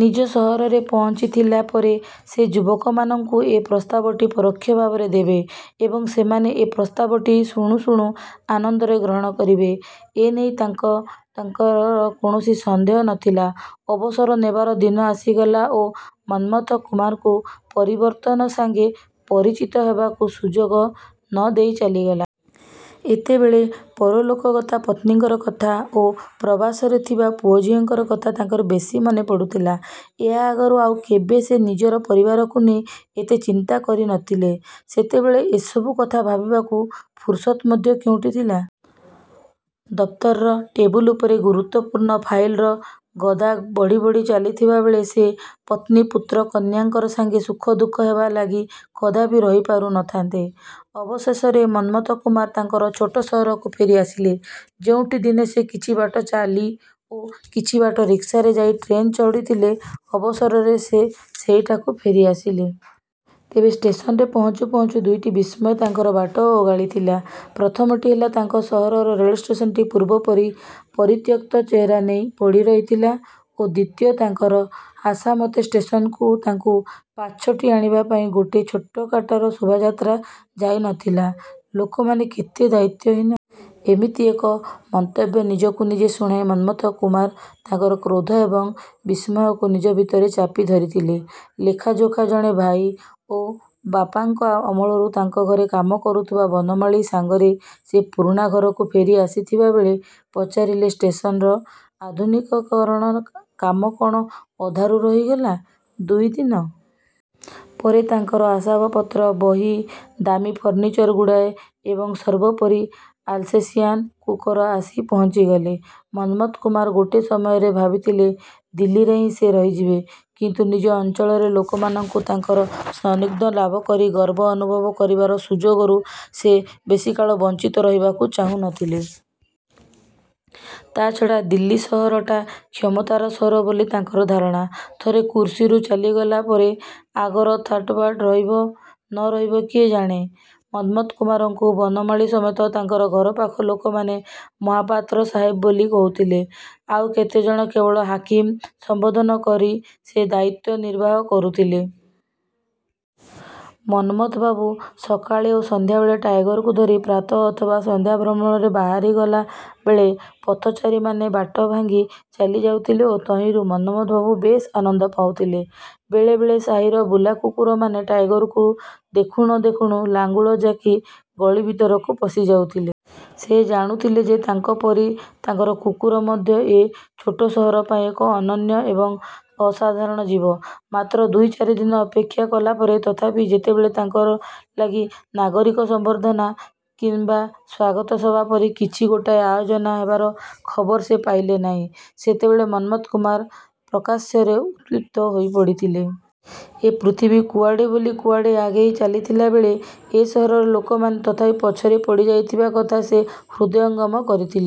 ନିଜ ସହରରେ ପହଞ୍ଚିଲା ପରେ ସେ ଯୁବକମାନଙ୍କୁ ଏ ପ୍ରସ୍ତାବଟି ପରୋକ୍ଷ ଭାବରେ ଦେବେ ଏବଂ ସେମାନେ ଯେ ପ୍ରସ୍ତାବଟି ଶୁଣୁ ଶୁଣୁ ଆନନ୍ଦରେ ଗ୍ରହଣ କରିବେ ଏ ନେଇ ତାଙ୍କର କୌଣସି ସନ୍ଦେହ ନଥିଲା। ଅବସର ନେବାର ଦିନ ଆସିଗଲା ଓ ମନ୍ମଥ କୁମାରଙ୍କୁ ପରିବର୍ତ୍ତନ ସାଙ୍ଗେ ପରିଚିତ ହେବାର ସୁଯୋଗ ନ ଦେଇ ଚାଲିଗଲା। ଏତେବେଳେ ପରଲୋକଗତା ପତ୍ନୀଙ୍କ କଥା ଓ ପ୍ରବାସରେ ଥିବା ପୁଅ ଝିଅଙ୍କ କଥା ତାଙ୍କର ବେଶି ମନେ ପଡ଼ୁଥିଲା। ଏହା ଆଗରୁ ଆଉ କେବେ ସେ ନିଜର ପରିବାରକୁ ନେଇ ଏତେ ଚିନ୍ତା କରି ନଥିଲେ। ସେତେବେଳେ ଏସବୁ କଥା ଭାବିବାକୁ ଫୁରୁସତ ମଧ୍ୟ କେଉଠି ଥିଲା? ଦପ୍ତରର ଟେବୁଲ ଉପରେ ଗୁରୁତ୍ୱପୂର୍ଣ୍ଣ ଫାଇଲର ଗଦା ବଢ଼ି ବଢ଼ି ଚାଲିଥିବାବେଳେ ସେ ପତ୍ନୀ-ପୁତ୍ର-କନ୍ୟାଙ୍କ ସାଙ୍ଗେ ଦୁଃଖସୁଖ ହେବା ଲାଗି କଦାପି ରହି ପାରୁ ନଥାନ୍ତେ। ଅବଶେଷରେ ମନ୍ମଥ କୁମାର ତାଙ୍କର ଛୋଟ ସହରକୁ ଫେରି ଆସିଲେ। ଯୋଉଠି ଦିନେ ସେ କିଛି ବାଟ ଚାଲି ଓ କିଛି ବାଟ ରିକ୍ସାରେ ଯାଇ ଟ୍ରେନ ଚଢ଼ିଥିଲେ ଅବଶେଷରେ ସେ ସେଇଠାକୁ ଫେରିଆସିଲେ। ତେବେ ଷ୍ଟେସନରେ ପହଞ୍ଚୁ ପହଞ୍ଚୁ ଦିଇଟି ବିସ୍ମୟ ତାଙ୍କର ବାଟ ଓଗାଳିଥିଲା। ପ୍ରଥମଟି ହେଲା, ତାଙ୍କ ସହରର ରେଳଷ୍ଟେସନଟି ପୂର୍ବପରି ପରିତ୍ୟକ୍ତ ଚେହେରା ନେଇ ପଡ଼ିରହିଥିଲା ଓ ଦ୍ୱିତୀୟ, ତାଙ୍କର ଆଶାମତେ ଷ୍ଟେସନକୁ ତାଙ୍କୁ ପାଛୋଟି ଆଣିବା ପାଇଁ ଗୋଟେ ଛୋଟକାଟର ଶୋଭାଯାତ୍ରା ଯାଇନଥିଲା! ଲୋକମାନେ କେତେ ଦାୟିତ୍ୱହୀନ! ଏମିତି ଏକ ମନ୍ତବ୍ୟ ନିଜକୁ ନିଜେ ଶୁଣାଇ ମନ୍ମଥ କୁମାର ତାଙ୍କ କ୍ରୋଧ ଏବଂ ବିସ୍ମୟକୁ ନିଜ ଭିତରେ ଚାପି ଧରିଥିଲେ। ଲେଖାଯୋଖା ଜଣେ ଭାଇ ଓ ବାପାଙ୍କ ଅମଳରୁ ତାଙ୍କ ଘରେ କାମ କରୁଥିବା ବନମାଳୀ ସାଙ୍ଗରେ ସେ ପୁରୁଣା ଘରକୁ ଫେରି ଆସିଲାବେଳେ ପଚାରିଲେ, "ଷ୍ଟେସନର ଆଧୁନିକୀକରଣ କାମ କଣ ଅଧାରୁ ରହିଗଲା?"ଦୁଇଦିନ ପରେ ତାଙ୍କର ଆସବାବପତ୍ର, ବହି, ଦାମୀ ଫର୍ଣ୍ଣିଚର ଗୁଡ଼ାଏ ଏବଂ ସର୍ବୋପରି ଆଲସେସିଆନ କୁକୁର ଆସି ପହଞ୍ଚିଗଲେ। ମନ୍ମଥ କୁମାର ଗୋଟେ ସମୟରେ ଭାବିଥିଲେ, ଦିଲ୍ଲୀରେ ହିଁ ସେ ରହିଯିବେ। କିନ୍ତୁ ନିଜ ଅଞ୍ଚଳର ଲୋକମାନଙ୍କୁ ତାଙ୍କର ସାନ୍ନିଧ୍ୟ ଲାଭ କରି ଗର୍ବ ଅନୁଭବ କରିବାର ସୁଯୋଗରୁ ସେ ବେଶିକାଳ ବଞ୍ଚିତ ରହିବାକୁ ଚାହୁଁ ନଥିଲେ। ତା'ଛଡ଼ା ଦିଲ୍ଲୀ ସହରଟା କ୍ଷମତାର ସହର ବୋଲି ତାଙ୍କର ଧାରଣା। ଥରେ କୁର୍ସୀରୁ ଚାଲିଗଲା ପରେ ଆଗର ଥାଟବାଟ ରହିବ ନ ରହିବ କିଏ ଜାଣେ! ମନ୍ମଥ କୁମାରଙ୍କୁ ବନମାଳୀ ସମେତ ତାଙ୍କ ଘରପାଖ ଲୋକମାନେ ମହାପାତ୍ର ସାହେବ ବୋଲି କହୁଥିଲେ। ଆଉ କେତେଜଣ କେବଳ 'ହାକିମ' ସମ୍ବୋଧନ କରି ସେ ଦାୟିତ୍ୱ ନିର୍ବାହ କରୁଥିଲେ। ମନ୍ମଥବାବୁ ସକାଳେ ଓ ସନ୍ଧ୍ୟାବେଳେ ଟାଇଗରକୁ ଧରି ପ୍ରାତଃ ଅଥବା ସାନ୍ଧ୍ୟ ଭ୍ରମଣରେ ବାହାରିଲା ବେଳେ ପଥଚାରୀମାନେ ବାଟ ଭାଙ୍ଗି ଚାଲି ଯାଉଥିଲେ ଓ ତହିଁରୁ ମନ୍ମଥ କୁମାର ବେଶ୍ ଆନନ୍ଦ ପାଉଥିଲେ। ବେଳେବେଳେ ସାହିର ବୁଲାକୁକୁରମାନେ ଟାଇଗରକୁ ଦେଖୁ ନ ଦେଖୁଣୁ ଲାଙ୍ଗୁଡ଼ ଜାକି ଗଳି ଭିତରକୁ ପଶିଯାଉଥିଲେ। ସେ ଜାଣୁଥିଲେ ଯେ ତାଙ୍କ ପରି ତାଙ୍କର କୁକୁର ମଧ୍ୟ ଏ ଛୋଟ ସହର ପାଇଁ ଏକ ଅନନ୍ୟ ଏବଂ ଅସାଧାରଣ ଜୀବ! ମାତ୍ର ଦୁଇ ଚାରିଦିନ ଅପେକ୍ଷା କଲାପରେ ତଥାପି ଯେତେବେଳେ ତାଙ୍କ ଲାଗି ନାଗରିକ ସମ୍ବର୍ଦ୍ଧନା କିମ୍ବା ସ୍ୱାଗତ ସଭା ପରି କିଛି ଗୋଟାଏ ଆୟୋଜନ ହେବାର ଖବର ସେ ପାଇଲେ ନାହିଁ, ସେତେବେଳେ ମନ୍ମଥ କୁମାର ପ୍ରକାଶ୍ୟରେ ଉତ୍କ୍ଷିପ୍ତ ହୋଇପଡ଼ିଲେ। ଏ ପୃଥିବୀ କୁଆଡ଼େ ବୋଲି କୁଆଡ଼େ ଆଗେଇ ଚାଲିଥିଲାବେଳେ ଏଇ ସହରର ଲୋକମାନେ ତଥାପି ପଛରେ ପଡ଼ିଯାଇଥିବା କଥା ସେ ହୃଦୟଙ୍ଗମ କରିଥି।